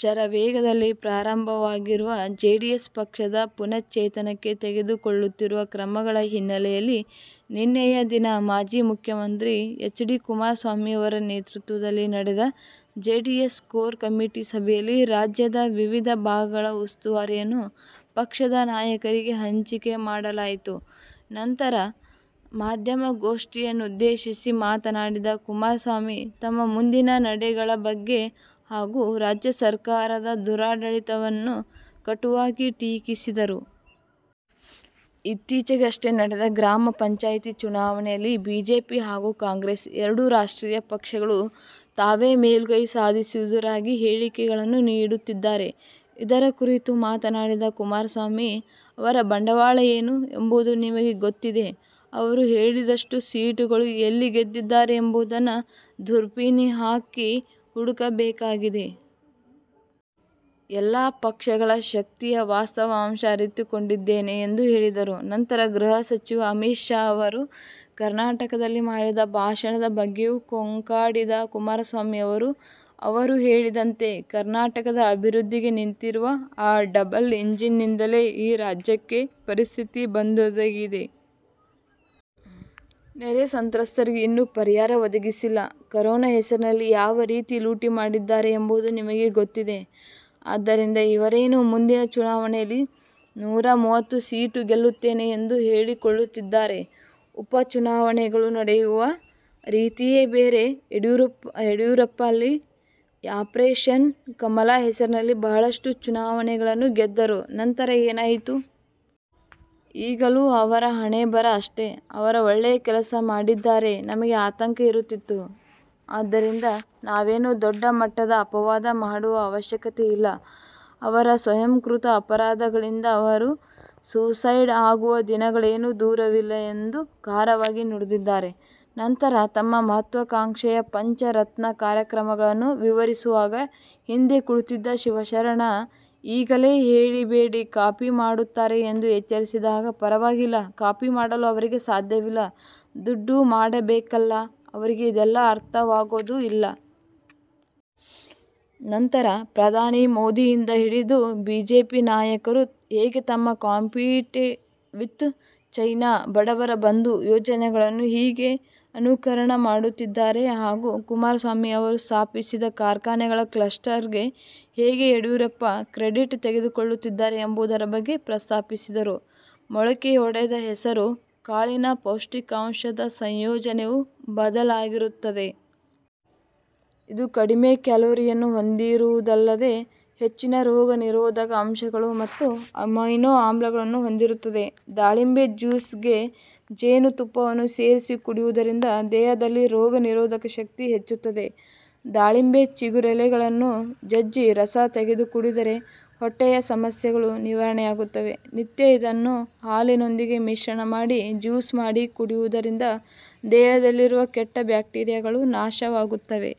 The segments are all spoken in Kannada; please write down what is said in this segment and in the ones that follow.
ಶರವೇಗದಲ್ಲಿ ಪ್ರಾರಂಭವಾಗಿರುವ ಜೆಡಿಎಸ್ ಪಕ್ಷದ ಪುನಶ್ಚೇತನಕ್ಕೆ ತೆಗೆದುಕೊಳ್ಳುತ್ತಿರುವ ಕ್ರಮಗಳ ಹಿನ್ನಲೆಯಲ್ಲಿ ನೆನ್ನೆಯ ದಿನ ಮಾಜಿ ಮುಖ್ಯಮಂತ್ರಿ ಹೆಚ್. ಡಿ ಕುಮಾರಸ್ವಾಮಿ ಅವರ ನೇತೃತ್ವದಲ್ಲಿ ನಡೆದ ಜೆಡಿಎಸ್ ಕೋರ್ ಕಮಿಟಿ ಸಭೆಯಲ್ಲಿ ರಾಜ್ಯದ ವಿವಿಧ ಭಾಗಗಳ ಉಸ್ತುವಾರಿಯನ್ನು ಪಕ್ಷದ ನಾಯಕರಿಗೆ ಹಂಚಿಕೆ ಮಾಡಲಾಯಿತು. ನಂತರ ಮಾಧ್ಯಮಘೋಷ್ಠಿಯನ್ನುದ್ದೇಶಿಸಿ ಮಾತನಾಡಿದ ಕುಮಾರಸ್ವಾಮಿ ತಮ್ಮ ಮುಂದಿನ ನಡೆಗಳ ಬಗ್ಗೆ ಹಾಗು ರಾಜ್ಯ ಸರ್ಕಾರದ ದುರಾಡಳಿತವನ್ನು ಕಟುವಾಗಿ ಟೀಕಿಸಿದರು. ಇತ್ತೀಚೆಗಷ್ಟೇ ನಡೆದ ಗ್ರಾಮ ಪಂಚಾಯಿತಿ ಚುನಾವಣೆಯಲ್ಲಿ ಬಿಜೆಪಿ ಹಾಗು ಕಾಂಗ್ರೆಸ್ ಎರಡೂ ರಾಷ್ಟ್ರೀಯ ಪಕ್ಷಗಳು ತಾವೇ ಮೇಲುಗೈ ಸಾಧಿಸಿರುವುದಾಗಿ ಹೇಳಿಕೆಗಳನ್ನು ನೀಡುತ್ತಿದ್ದಾರೆ. ಇದರ ಕುರಿತು ಮಾತನಾಡಿದ ಕುಮಾರಸ್ವಾಮಿ 'ಅವರ ಬಂಡವಾಳ ಏನು ಎಂಬುದು ನಮಗೆ ಗೊತ್ತಿದೆ. ಅವರು ಹೇಳಿದಷ್ಟು ಸೀಟುಗಳು ಎಲ್ಲಿ ಗೆದ್ದಿದ್ದಾರೆ ಎಂಬುದನ್ನು ದುರ್ಬಿನ್ ಹಾಕಿ ಹುಡುಕಬೇಕಾಗಿದೆ. ಎಲ್ಲಾ ಪಕ್ಷಗಳ ಶಕ್ತಿಯ ವಾಸ್ತವಾಂಶ ಅರಿತುಕೊಂಡಿದ್ದೇನೆ' ಎಂದು ಹೇಳಿದರು. ನಂತರ ಗೃಹ ಸಚಿವ ಅಮಿತ್ ಶಾ ರವರು ಕರ್ನಾಟಕದಲ್ಲಿ ಮಾಡಿದ ಭಾಷಣದ ಬಗ್ಗೆಯೂ ಕೊಂಕಾಡಿದ ಕುಮಾರಸ್ವಾಮಿ ಅವರು ' ಅವರು ಹೇಳಿದಂತೆ ಕರ್ನಾಟಕದ ಅಭಿವೃದ್ಧಿಗೆ ನಿಂತಿರುವ ಆ ಡಬಲ್ ಇಂಜಿನ್ ನಿಂದಲೇ ಈ ರಾಜ್ಯಕ್ಕೆ ಪರಿಸ್ಥಿತಿ ಬಂದೊದಗಿದೆ. ನೆರೆ ಸಂತ್ರಸ್ತರಿಗೆ ಇನ್ನು ಪರಿಹಾರ ಒದಗಿಸಿಲ್ಲ. ಕೊರೋನಾ ಹೆಸರಿನಲ್ಲಿ ಯಾವ ರೀತಿ ಲೂಟಿ ಮಾಡಿದ್ದಾರೆ ಎಂಬುದು ನಿಮಗೇ ಗೊತ್ತಿದೆ. ಆದ್ದರಿಂದ ಇವರೇನು ಮುಂದಿನ ಚುನಾವಣೆಯಲ್ಲಿ ನೂರ ಐವತ್ತು ಸೀಟ್ ಗೆಲ್ಲುತ್ತೇವೆ ಎಂದು ಹೇಳಿಕೊಳ್ಳುತ್ತಿದ್ದಾರೆ, ಉಪಚುನಾವಣೆಗಳು ನಡೆಯುವ ರೀತಿಯೇ ಬೇರೆ. ಯಡಿಯೂರಪ್ಪ ರಲ್ಲಿ ಆಪರೇಷನ್ ಕಮಲಾ ಹೆಸರಿನಲ್ಲಿ ಬಹಳಷ್ಟು ಚುನಾವಣೆಗಳನ್ನು ಗೆದ್ದರು, ನಂತರ ಏನಾಯಿತು. ಈಗಲೂ ಅವರ ಹಣೆಬರಹ ಅಷ್ಟೇ. ಅವರು ಒಳ್ಳೆ ಕೆಲಸ ಮಾಡಿದ್ದಾರೆ ನಮಗೆ ಆತಂಕ ಇರುತ್ತಿತ್ತು. ಆದ್ದರಿಂದ ನಾವೇನು ದೊಡ್ಡ ಮಟ್ಟದ ಅಪವಾಧ ಮಾಡುವ ಅವಶ್ಯಕತೆ ಇಲ್ಲ, ಅವರ ಸ್ವಯಂಕೃತ ಅಪರಾಧಗಳಿಂದ ಅವರ ಸುಯಿಸೈಡ್ ಆಗುವ ದಿನಗಳೇನು ದೂರವಿಲ್ಲ ಎಂದು ಖಾರವಾಗಿ ನುಡಿದಿದ್ದಾರೆ. ನಂತರ ತಮ್ಮ ಮಹತ್ವಾಕಾಂಕ್ಷೆಯ ಪಂಚರತ್ನ ಕಾರ್ಯಕ್ರಮಗಳನ್ನು ವಿವರಿಸುವಾಗ ಹಿಂದೆ ಕುಳಿತಿದ್ದ ಶರವಣ ಈಗಲೇ ಹೇಳಬೇಡಿ ಕಾಪಿ ಮಾಡುತ್ತಾರೆ ಎಂದು ಎಚ್ಚರಿಸಿದಾಗ, ಪರವಾಗಿಲ್ಲ ಕಾಪಿ ಮಾಡಲು ಅವರಿಗೆ ಸಾಧ್ಯವಿಲ್ಲ, ದುಡ್ಡು ಮಾಡಬೇಕಲ್ಲ ಅವರಿಗೆ ಇದೆಲ್ಲ ಅರ್ಥವಾಗೋದು ಇಲ್ಲ. ನಂತರ ಪ್ರಧಾನಿ ಮೋದಿಯಿಂದ ಹಿಡಿದು ಬಿಜೆಪಿ ನಾಯಕರು ಹೇಗೆ ತಮ್ಮ'ಕಾಂಪೀಟ್ ವಿಥ್ ಚೈನಾ', 'ಬಡವರ ಬಂಧು' ಯೋಜನೆಗಳನ್ನು ಹೇಗೆ ಅನುಕರಣ ಮಾಡುತ್ತಿದ್ದಾರೆ ಹಾಗು ಕುಮಾರಸ್ವಾಮಿ ಅವರು ಸ್ಥಾಪಿಸಿದ ಕಾರ್ಖಾನೆಗಳ ಕ್ಲಸ್ಟರ್ ಗೆ ಹೇಗೆ ಯಡಿಯೂರಪ್ಪ ಕ್ರೆಡಿಟ್ ತೆಗೆದುಕೊಳ್ಳುತ್ತಿದ್ದಾರೆ ಎಂಬುದರ ಬಗ್ಗೆ ಪ್ರಸ್ತಾಪಿಸಿದರು. ಮೊಳಕೆಯೊಡೆದ ಹೆಸರು ಕಾಳಿನ ಪೌಷ್ಟಿಕಾಂಶದ ಸಂಯೋಜನೆಯು ಬದಲಾಗಿರುತ್ತದೆ. ಇದು ಕಡಿಮೆ ಕ್ಯಾಲೋರಿಯನ್ನು ಹೊಂದಿರುವುದಲ್ಲದೇ, ಹೆಚ್ಚಿನ ರೋಗ ನಿರೋಧಕ ಅಂಶಗಳು ಮತ್ತು ಅಮೈನೋ ಆಮ್ಲಗಳನ್ನು ಹೊಂದಿರುತ್ತದೆ. ದಾಳಿಂಬೆ ಜ್ಯೂಸ್ಗೆ ಜೇನು ತುಪ್ಪವನ್ನು ಸೇರಿಸಿ ಕುಡಿಯುವುದರಿಂದ ದೇಹದಲ್ಲಿ ರೋಗ ನಿರೋಧಕ ಶಕ್ತಿ ಹೆಚ್ಚುತ್ತದೆ. ದಾಳಿಂಬೆಯ ಚಿಗುರೆಲೆಗಳನ್ನು ಜಜ್ಜಿ ರಸ ತೆಗೆದು ಕುಡಿದರೆ ಹೊಟ್ಟೆಯ ಸಮಸ್ಯೆಗಳು ನಿವಾರಣೆಯಾಗುತ್ತವೆ. ನಿತ್ಯ ಇದನ್ನು ಹಾಲಿನೊಂದಿಗೆ ಮಿಶ್ರಣ ಮಾಡಿ, ಜ್ಯೂಸ್ ಮಾಡಿ ಕುಡಿಯುವುದರಿಂದ ದೇಹದಲ್ಲಿರುವ ಕೆಟ್ಟ ಬ್ಯಾಕ್ಟೀರಿಯಾಗಳು ನಾಶವಾಗುತ್ತವೆ.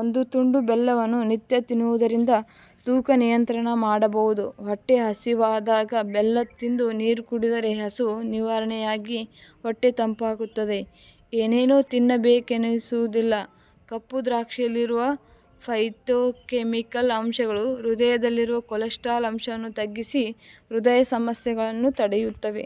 ಒಂದು ತುಂಡು ಬೆಲ್ಲವನ್ನು ನಿತ್ಯ ತಿನ್ನುವುದರಿಂದ ತೂಕ ನಿಯಂತ್ರಣ ಮಾಡಬಹುದು. ಹೊಟ್ಟೆ ಹಸಿವಾದಾಗ ಬೆಲ್ಲ ತಿಂದು ನೀರು ಕುಡಿದರೆ ಹಸಿವು ನಿವಾರಣೆಯಾಗಿ ಹೊಟ್ಟೆ ತಂಪಾಗುತ್ತದೆ. ಏನೇನೋ ತಿನ್ನಬೇಕೆನಿಸುವುದಿಲ್ಲ. ಕಪ್ಪು ದ್ರಾಕ್ಷಿಯಲ್ಲಿ ಇರುವ ಫೈಥೋಕೆಮಿಕಲ್ ಅಂಶಗಳು ದೇಹದಲ್ಲಿರುವ ಕೊಲೆಸ್ಟ್ರಾಲ್ ಅಂಶವನ್ನು ತಗ್ಗಿಸಿ ಹೃದಯ ಸಮಸ್ಯೆಗಳನ್ನು ತಡೆಯುತ್ತವೆ.